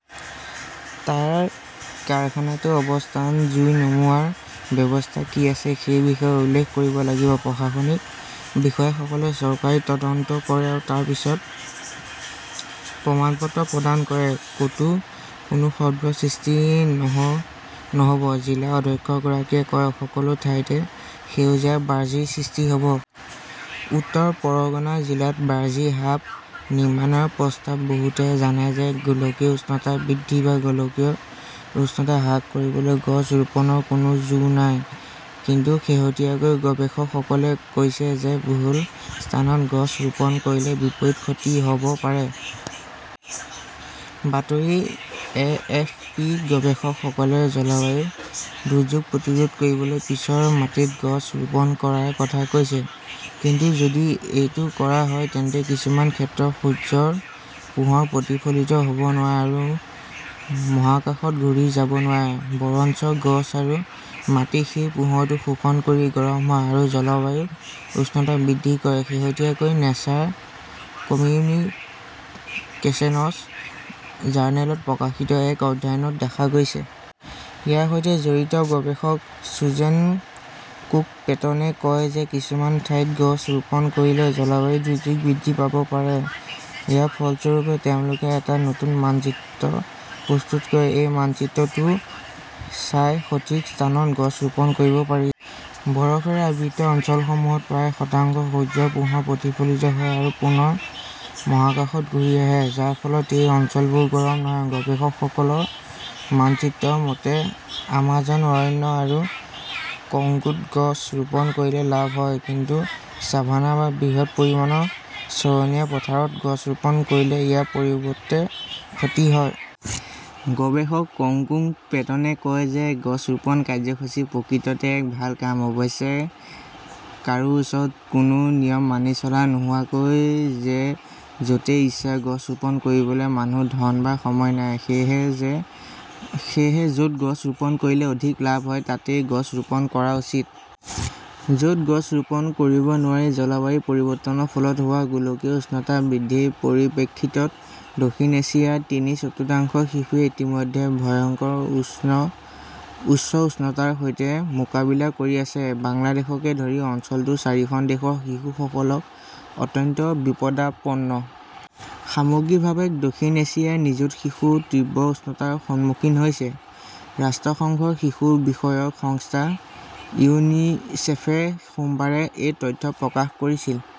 তাত কাৰখানাটোৰ অৱস্থান, জুই নুমুৱাৰ ব্যৱস্থা কি আছে সেই বিষয়ে উল্লেখ কৰিব লাগিব। প্ৰশাসনিক বিষয়াসকলে চৰকাৰী তদন্ত কৰে আৰু তাৰ পিছত প্ৰমাণপত্ৰ প্ৰদান কৰে। ক'তো কোনো শব্দ সৃষ্টি নহ'বজিলা অধ্যক্ষগৰাকীয়ে কয়। সকলো ঠাইতে সেউজীয়া বাজিৰ সৃষ্টি হ'ব। উত্তৰ পৰগনা জিলাত 'বাজি হাব নিৰ্মাণৰ প্ৰস্তাৱ বহুতে জানে যে গোলকীয় উষ্ণতা বৃদ্ধি বা গোলকীয় উষ্ণতা হ্ৰাস কৰিবলৈ গছ ৰোপণৰ কোনো যোৰ নাই। কিন্তু শেহতীয়াকৈ গৱেষকসকলে কৈছে যে ভুল স্থানত গছ ৰোপণ কৰিলে বিপৰীত ক্ষতি হ 'ব পাৰে। বাতৰি-এ. এফ. পি. -গৱেষকসকলে জলবায়ু দুৰ্যোগ প্ৰতিৰোধ কৰিবলৈ পিছৰ মাটিত গছ ৰোপণ কৰাৰ কথা কৈছে। কিন্তু যদি এইটো কৰা হয় তেন্তে কিছুমান ক্ষেত্ৰত সূৰ্য্যৰ পোহৰ প্ৰতিফলিত হ 'ব নোৱাৰে আৰু মহাকাশত ঘূৰি যাব নোৱাৰে, বৰঞ্চ গছ আৰু মাটি সেই পোহৰটো শোষণ কৰি গৰম হয় আৰু জলবায়ুৰ উষ্ণতা বৃদ্ধি কৰে, শেহতীয়াকৈ নেচাৰ কমিউনিকেচনছ জাৰ্নেলত প্ৰকাশিত এক অধ্যয়নত দেখা গৈছে। ইয়াৰ সৈতে জড়িত গৱেষক চুজেন কুক-পেটনে কয় যে কিছুমান ঠাইত গছ ৰোপণ কৰিলে জলবায়ু দুৰ্যোগ বৃদ্ধি পাব পাৰে। ইয়াৰ ফলস্বৰূপে তেওঁলোকে এটা নতুন মানচিত্ৰ প্ৰস্তুত কৰে। এই মানচিত্ৰটো চাই সঠিক স্থানত গছ ৰোপণ কৰিব পাৰি। বৰফেৰে আবৃত অঞ্চলসমূহত প্ৰায় শতাংশ সূৰ্য্যৰ পোহৰ প্ৰতিফলিত হয় আৰু পুনৰ মহাকাশত ঘূৰি আহে, যাৰ ফলত এই অঞ্চলবোৰ গৰম নহয়। গৱেষকসকলৰ মানচিত্ৰৰ মতে, আমাজন অৰণ্য আৰু কংগোত গছ ৰোপণ কৰিলে লাভ হয়, কিন্তু ছাভানা বা বৃহৎ পৰিমাণৰ চৰণীয়া পথাৰত গছ ৰোপণ কৰিলে ইয়াৰ পৰিৱৰ্তে ক্ষতি হয়। গৱেষক কুক-পেটনে কয় যে গছ ৰোপণ কাৰ্যসূচী প্ৰকৃততে এক ভাল কাম। অৱশ্যে, কাৰো ওচৰত কোনো নিয়ম মানি চলা নোহোৱাকৈ য 'তেই ইচ্ছা গছ ৰোপণ কৰিবলৈ মানুহ, ধন বা সময় নাই। সেয়েহে, য 'ত গছ ৰোপণ কৰিলে অধিক লাভ হয় তাতেই গছ ৰোপণ কৰা উচিত। য 'ত গছ ৰোপণ কৰিব নোৱাৰি জলবায়ু পৰিৱৰ্তনৰ ফলত হোৱা গোলকীয় উষ্ণতা বৃদ্ধিৰ পৰিপ্ৰেক্ষিতত দক্ষিণ এছিয়াৰ তিনি-চতুৰ্থাংশ শিশুৱে ইতিমধ্যে ভয়ংকৰ উচ্চ উষ্ণতাৰ সৈতে মোকাবিলা কৰি আছে। বাংলাদেশকে ধৰি অঞ্চলটোৰ চাৰিখন দেশৰ শিশুসকল অত্যন্ত বিপদাপন্ন। সামগ্ৰিকভাৱে দক্ষিণ এছিয়াৰ নিযুত শিশু তীব্ৰ উষ্ণতাৰ সন্মুখীন হৈছে। ৰাষ্ট্ৰসংঘৰ শিশু বিষয়ক সংস্থা ইউনিচেফে সোমবাৰে এই তথ্য প্ৰকাশ কৰিছিল।